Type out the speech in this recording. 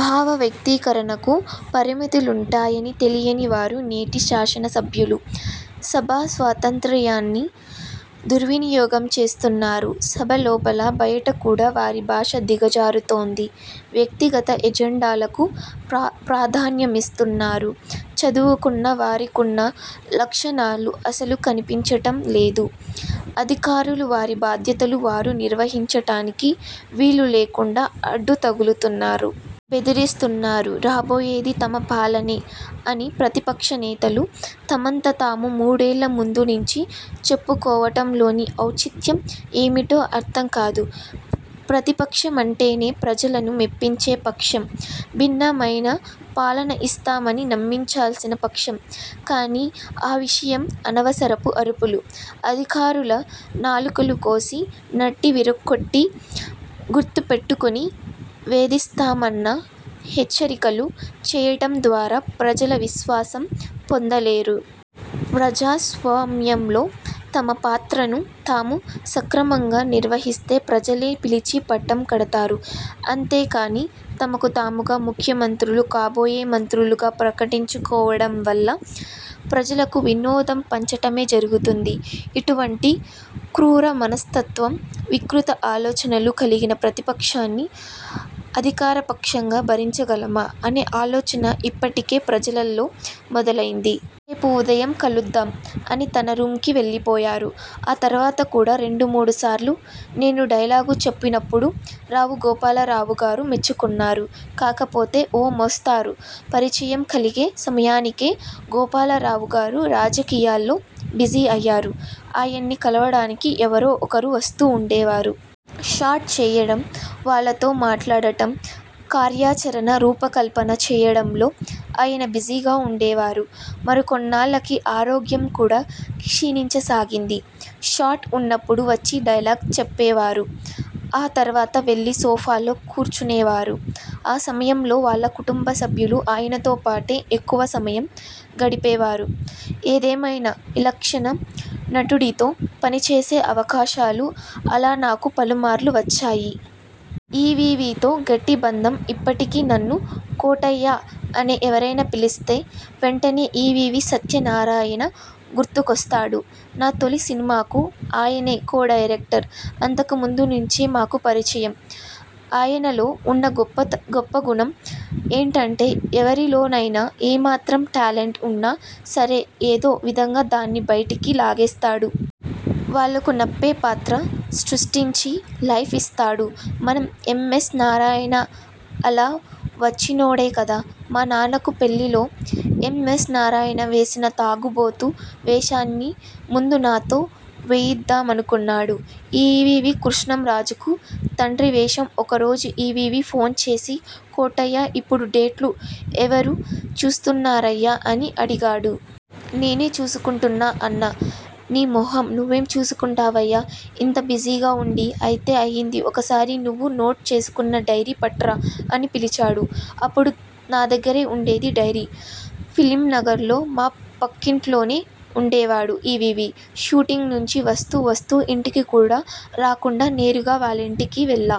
భావ వ్యక్తీకరణకు పరిమితులుంటాయని తెలియని వారు నేటి శాసన సభ్యులు. సభా స్వాతంత్ర్యాన్ని దుర్వినియోగం చేస్తున్నారు. సభ లోపల, బయట కూడా వారి భాష దిగజారుతోంది. వ్యక్తిగత ఎజెండాలకు ప్రాధాన్యమిస్తున్నారు. చదువుకున్న వారికున్న లక్షణాలు అస్సలు కనిపించటంలేదు. అధికారులు వారి బాధ్యతలు వారు నిర్వహించటానికి వీలు లేకుండా అడ్డు తగులుతున్నారు. బెదిరిస్తున్నారు. రాబోయేది తమ పాలనే అని ప్రతిపక్షనేతలు తమంత తాము మూడేళ్ల ముందునుంచి చెప్పుకోవటంలోని ఔచిత్యం ఏమిటో అర్థం కాదు. ప్రతి పక్షమంటేనే ప్రజలను మెప్పించే పక్షం. భిన్నమైన పాలన ఇస్తామని నమ్మించాల్సిన పక్షం. కానీ ఆ విషయం అనవసరపు అరుపులు, అధికారుల నాలుకలు కోసి, నడ్డి విరగ్గొట్టి, గుర్తుపెట్టుకుని వేధిస్తామన్న హెచ్చరికలు చేయటం ద్వారా ప్రజల విశ్వాసం పొందలేరు. ప్రజాస్వామ్యంలో తమ పాత్రను తాము సక్రమంగా నిర్వహిస్తే ప్రజలే పిలిచి పట్టం కడతారు. అంతేకానీ తమకు తాముగా ముఖ్యమంత్రులు, కాబోయే మంత్రులుగా ప్రకటించుకోవటం వల్ల ప్రజలకు వినోదం పంచటమే జరుగుతుంది. ఇటువంటి క్రూరమనస్తత్వం, వికృత ఆలోచనలు కలిగిన ప్రతిపక్షాన్ని అధికారపక్షంగా భరించగలమా! అనే ఆలోచన ఇప్పటికే ప్రజలలో మొదలైంది. రేపు ఉదయం కలుద్దాం' అని తన రూమ్కి వెళ్ళిపోయారు. ఆ తర్వాత కూడా రెండుమూడు సార్లు నేను డైలాగు చెప్పినప్పుడు రావుగోపాలరావుగారు మెచ్చుకున్నారు. కాకపోతే ఓ మోస్తరు పరిచయం కలిగే సమయానికే గోపాలరావుగారు రాజకీయాల్లో బిజీ అయ్యారు. ఆయన్ని కలవడానికి ఎవరో ఒకరు వస్తూ ఉండేవారు. షాట్ చేయడం, వాళ్లతో మాట్లాడటం, కార్యాచరణ రూపకల్పన చేయడంలో ఆయన బిజీగా ఉండేవారు. మరికొన్నాళ్లకి ఆరోగ్యం కూడా క్షీణించసాగింది. షాట్ ఉన్నప్పుడు వచ్చి డైలాగ్ చెప్పేవారు. ఆ తర్వాత వెళ్లి సోఫాలో కూర్చునేవారు. ఆ సమయంలో వాళ్ల కుటుంబసభ్యులు ఆయనతోపాటే ఎక్కువ సమయం గడిపేవారు. ఏదేమైనా విలక్షణ నటుడితో పనిచేసే అవకాశాలు అలా నాకు పలుమార్లు వచ్చాయి. ఈవీవీతో గట్టి బంధం ఇప్పటికీ నన్ను 'కోటయ్యా' అని ఎవరైనా పిలిస్తే వెంటనే ఈవీవీ సత్యనారాయణ గుర్తుకొస్తాడు. నా తొలి సినిమాకు ఆయనే కో-డైరెక్టర్. అంతకుముందునుంచే మాకు పరిచయం. ఆయనలో ఉన్న గొప్పగుణం ఏంటంటే, ఎవరిలోనైనా ఏమాత్రం టాలెంట్ ఉన్నా సరే ఏదో విధంగా దాన్ని బైటికి లాగేస్తాడు. వాళ్లకునప్పే పాత్ర సృష్టించి లైఫ్ ఇస్తాడు. మన ఎం. ఎస్. నారాయణ అలా వచ్చినోడే కదా. 'మా నాన్నకు పెళ్ళి'లో ఎం. ఎస్. నారాయణ వేసిన తాగుబోతు వేషాన్ని ముందు నాతో వేయిద్దామనుకున్నాడు ఈవీవీ. కృష్ణంరాజుకు తండ్రి వేషం ఒకరోజు ఈవీవీ ఫోన్ చేసి 'కోటయ్యా ఇప్పుడు డేట్లు ఎవరు చూస్తున్నారయ్యా' అని అడిగాడు. 'నేనే చూసుకుంటున్నా' అన్నా. 'నీ మొహం నువ్వేం చూసుకుంటావయ్యా ఇంత బిజీగా ఉండి. అయితే అయింది ఒకసారి నువ్వు నోట్ చేసుకున్న డైరీ పట్రా' అని పిలిచాడు. అప్పుడు నా దగ్గరే ఉండేది డైరీ. ఫిల్మ్నగర్లో మా పక్కింట్లోనే ఉండేవాడు ఈవీవీ. షూటింగ్ నుంచి వస్తూ వస్తూ ఇంటికి కూడా రాకుండా, నేరుగా వాళ్లింటికి వెళ్లా.